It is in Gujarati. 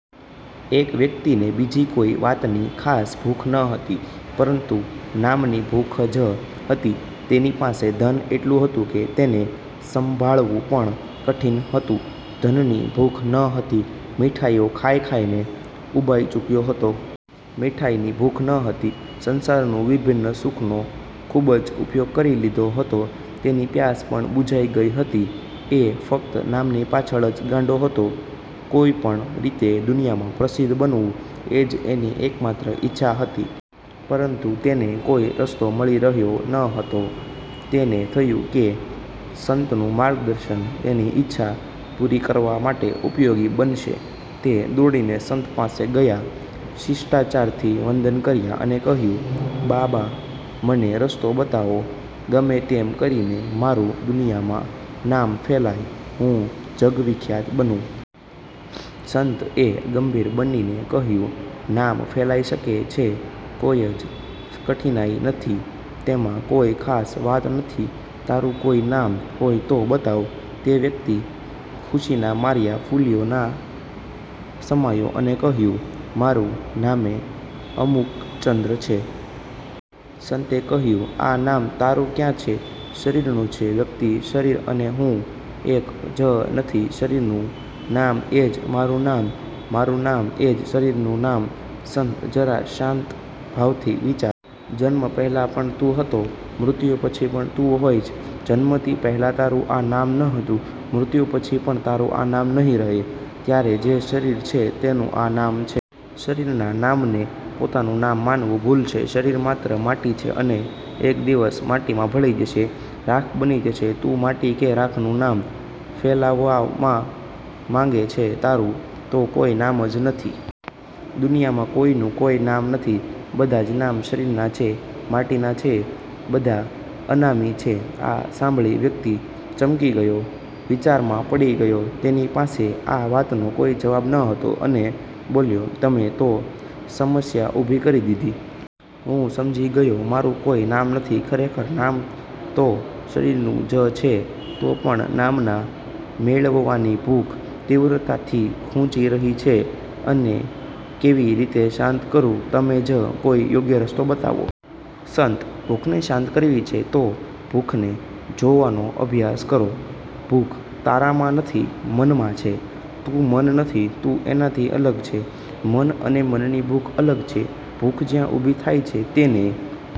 એક વ્યક્તિ ને બીજી કોઈ વાતની ખાસ ભૂખ ન હતી, પરંતુ નામ ની ભૂખ ખુબ જ હતી! તેની પાસે ધન એટલું હતું કે તેને સંભાળવુ પણ કઠિન હતું. ધનની ભૂખ ન હતી. મીઠાઈઓ ખાઇ ખાઇ ને ઉબાઈ ચુક્યો હતો. મીઠાઈ ની ભૂખ ન હતી. સંસારના વિભિન્ન સુખો નો ખુબ જ ઉપભોગ કરી લીધો હતો. તેની પ્યાસ પણ બુઝાઈ ગઈ હતી. એ ફક્ત નામની પાછળ જ ગાંડો હતો. કોઈપણ રીતે દુનિયામાં પ્રસિદ્ધ બનવું એજ એની એક માત્ર ઈચ્છા હતી. પરંતુ તેને કોઈ રસ્તો મળી રહ્યો ના હતો. તેને થયું કે સંતનું માર્ગદર્શન તેની ઇચ્છા પુરી કરવા માટે ઉપયોગી બનશે. તે દોડીને સંત પાસે ગયા. શિષ્ટાચાર થી વંદન કર્યા અને કહ્યું, "બાબા! મને રસ્તો બતાવો, ગમે-તેમ કરીને મારુ દુનિયામાં નામ ફેલાય, હું જગવિખ્યાત બનું. " સંત એ ગંભીર બનીને કહ્યું, "નામ ફેલાઈ શકે છે. કોઈ જ કઠિનાઈ નથી. તેમાં કોઈ ખાસ વાત નથી. તારું કોઈ નામ હોય તો બતાવ. " તે વ્યક્તિ ખુશીના માર્યા ફૂલ્યો ના સમાયો, અને કહ્યું, "મારુ નામે અમુકચંદ્ર છે! " સંતે કહ્યું, "આ નામ તારું ક્યાં છે? શરીરનું છે. " વ્યક્તિ: "શરીર અને હું એક જ નથી? શરીર નું નામ એજ મારુ નામ. મારુ નામ એજ શરીરનું નામ! " સંત: "જરા શાંત ભાવથી વિચાર. જન્મ પહેલાં પણ તું હતો, મૃત્યુ પછી પણ તું હોઈશ. જન્મ થી પેહલા તારું આ નામ ન હતું. મૃત્યુ પછી પણ તારું આ નામ નહિ રહે અત્યારે જે શરીર છે તેનું આ નામ છે. શરીરના નામને પોતાનું નામ માનવું ભૂલ છે. શરીર માત્ર માટી છે, અને એક દિવસ માટી માં ભળી જશે! રાખ બની જશે. તું માટી કે રાખનું નામ ફેલાવવા માંગે છે. તારું તો કોઈ નામ જ નથી. દુનિયામાં કોઈનું કોઈ નામ નથી. બધાજ નામ શરીરના છે, માટીના છે. બધા અનામી છે! " આ સાંભળી વ્યક્તિ ચમકી ગયો, વિચારમાં પડી ગયો, તેની પાસે આ વાતનો કોઈ જવાબ ન હતો, અને બોલ્યો, "તમે તો સમસ્યા ઉભી કરી દીધી. હું સમજી ગયો, મારું કોઈ નામ નથી, ખરેખર નામે તો શરીર નુ જ છે! તો પણ નામના મેળવવાની ભૂખ તીવ્રતાથી ખૂંચી રહી છે. એને કેવી રીતે શાંત કરું? તમે જ કોઈ યોગ્ય રસ્તો બતાવો! " સંત: "ભૂખને શાંત કરવી છે તો ભૂખને જોવાનો અભ્યાસ કરો. ભૂખ તારામાં નથી – મન માં છે! તું મન નથી, તું એનાથી અલગ છે. મન અને મનની ભૂખ અલગ છે. ભૂખ જ્યાં ઉભી થાય છે તેને